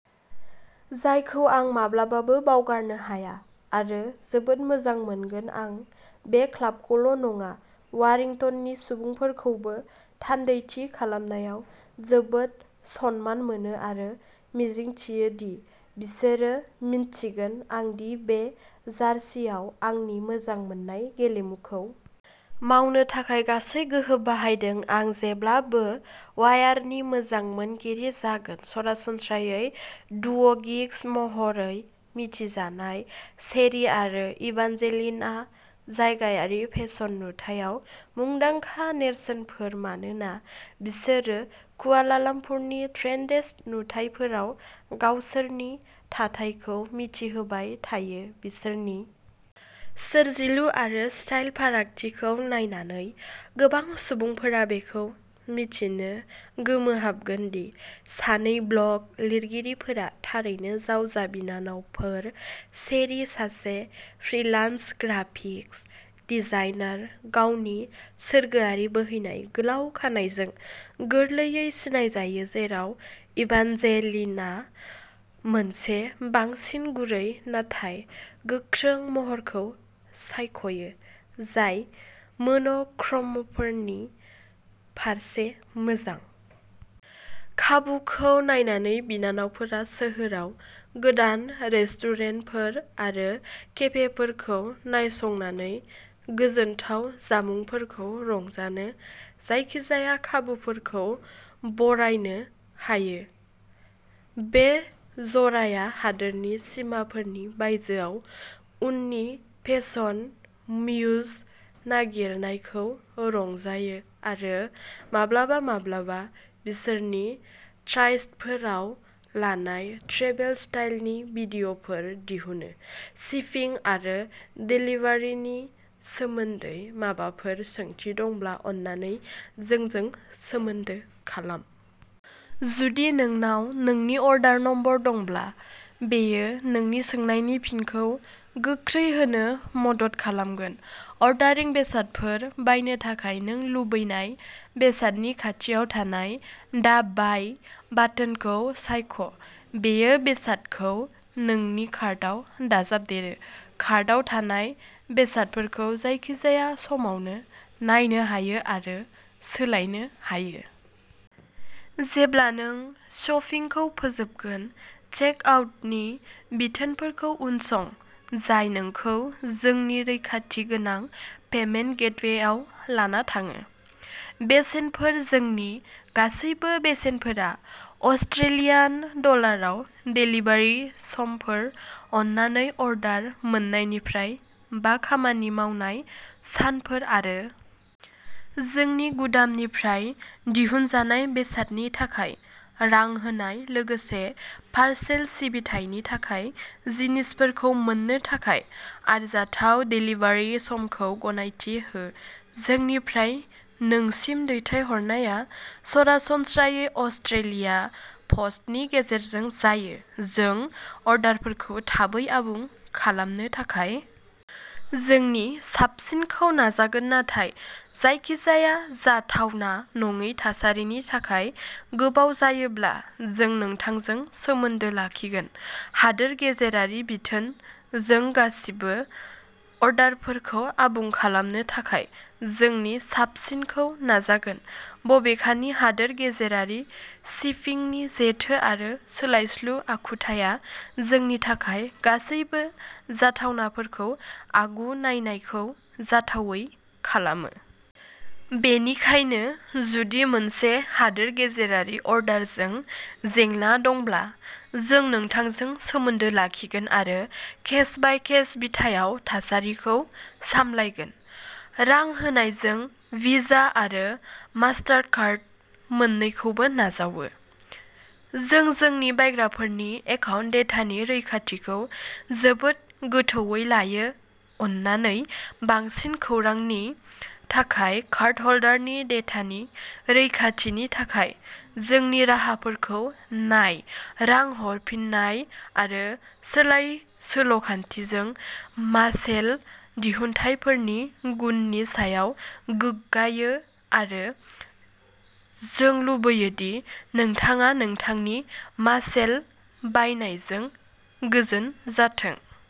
जायखौ आं माब्लाबाबो बावगारनो हाया आरो जोबोद मोजां मोनगोन आं बे क्लाबखौल' नङा वारिंटननि सुबुंफोरखौबो थान्दैथि खालामनायाव जोबोद सनमान मोनो आरो मिजिंथियो दि बिसोरो मिन्थिगोन दि आं बे जार्सीआव आंनि मोजां मोननाय गेलेमुखौ मावनो थाखाय गासै गोहो बाहायदों आं जेब्लाबो वायारनि मोजां मोनगिरि जागोन सरासनस्रायै डुव'गिग्स महरै मिथिजानाय चेरी आरो इभानजेलिनआ जायगायारि फेसन नुथायाव मुंदांखा नेरसोनफोर मानोना बिसोरो कुआलालाम्पुरनि ट्रेन्डेस्ट नुथायफोराव गावसोरनि थाथायखौ मिथिहोबाय थायो बिसोरनि सोरजिलु आरो स्टाइल फारागथिखौ नायनानै गोबां सुबुंफोरा बेखौ मिथिनो गोमोहाबगोन दि सानै ब्लग लिरगिरिफोरा थारैनो जावजा बिनानावफोर चेरी सासे फ्रीलान्स ग्राफिक्स डिजाइनार गावनि सोरगोआरि बोहैनाय गोलाव खानाइजों गोरलैयै सिनायजायो जेराव इभानजेलिनआ मोनसे बांसिन गुरै नाथाय गोख्रों महरखौ सायख'यो जाय मोन'क्र'मफोरनि फारसे मोजां। खाबुखौ नायनानै बिनानावफोरा सोहोराव गोदान रेस्टुरेन्टफोर आरो केफेफोरखौ नायसंनानै गोजोनथाव जामुंफोरखौ रंजानो जायखिजाया खाबुफोरखौ बरायनो हायो। बे जराया हादोरनि सिमाफोरनि बायजोआव उननि फेसन म्युज नागिरनायखौ रंजायो आरो माब्लाबा-माब्लाबा बिसोरनि ट्राइस्टफोराव लानाय ट्रेभेल स्टाइलनि भिडिय'फोर दिहुनो शिपिं आरो देलिभारिनि सोमोन्दै माबाफोर सोंथि दंब्ला अन्नानै जोंजों सोमोन्दो खालाम। जुदि नोंनाव नोंनि अर्डार नम्बर दंब्ला बेयो नोंनि सोंनायनि फिनखौ गोख्रै होनो मदद खालामगोन अर्डारिं बेसादफोर बायनो थाखाय नों लुबैनाय बेसादनि खाथियाव थानाय दा बाय बाटोनखौ सायख' बेयो बेसादखौ नोंनि कार्टआव दाजाबदेरो कार्टआव थानाय बेसादफोरखौ जायखिजाया समावनो नायनो हायो आरो सोलायनो हायो। जेब्ला नों शपिंखौ फोजोबगोन चेक आउटनि बिथोनफोरखौ उनसं जाय नोंखौ जोंनि रैखाथि गोनां पेमेन्ट गेटवेआव लाना थाङो। बेसेनफोर जोंनि गासैबो बेसेनफोरा अस्ट्रेलियान डलाराव देलिभारि समफोर अन्नानै अर्डार मोन्नायनिफ्राय बा खामानि मावनाय सानफोर आरो जोंनि गुदामनिफ्राय दिहुनजानाय बेसादनि थाखाय रां होनाय लोगोसे पारसेल सिबिथायनि थाखाय जिनिसफोरखौ मोन्नो थाखाय आरजाथाव देलिभारि समखौ गनायथि हो जोंनिफ्राय नोंसिम दैथायहरनाया सरासनस्रायै अस्ट्रेलिया पस्टनि गेजेरजों जायो जों अर्डारफोरखौ थाबै आबुं खालामनो थाखाय जोंनि साबसिनखौ नाजागोन नाथाय जायखिजाया जाथावना नङै थासारिनि थाखाय गोबाव जायोब्ला जों नोंथांजों सोमोन्दो लाखिगोन हादोर गेजेरारि बिथोन जों गासिबो अर्डारफोरखौ आबुं खालामनो थाखाय जोंनि साबसिनखौ नाजागोन बबेखानि हादोर गेजेरारि शिपिंनि जेथो आरो सोलायस्लु आखुथाया जोंनि थाखाय गासैबो जाथावनाफोरखौ आगु नायनायखौ जाथावै खालामो। बेनिखायनो जुदि मोनसे हादोर गेजेरारि अर्डारजों जेंना दंब्ला जों नोंथांजों सोमोन्दो लाखिगोन आरो केस बाय केस बिथायाव थासारिखौ सामलायगोन। रां होनाय जों भिजा आरो मास्टारकार्ड मोन्नैखौबो नाजावो। जों जोंनि बायग्राफोरनि एकाउन्ट डेटानि रैखाथिखौ जोबोद गोथौवै लायो अन्नानै बांसिन खौरांनि थाखाय कार्डहोल्डारनि डेटानि रैखाथिनि थाखाय जोंनि राहाफोरखौ नाय रां हरफिननाय आरो सोलाय सोल'खान्थि जों मासेल दिहुनथायफोरनि गुननि सायाव गोग्गायो आरो जों लुबैयो दि नोंथाङा नोंथांनि मासेल बायनायजों गोजोन जाथों।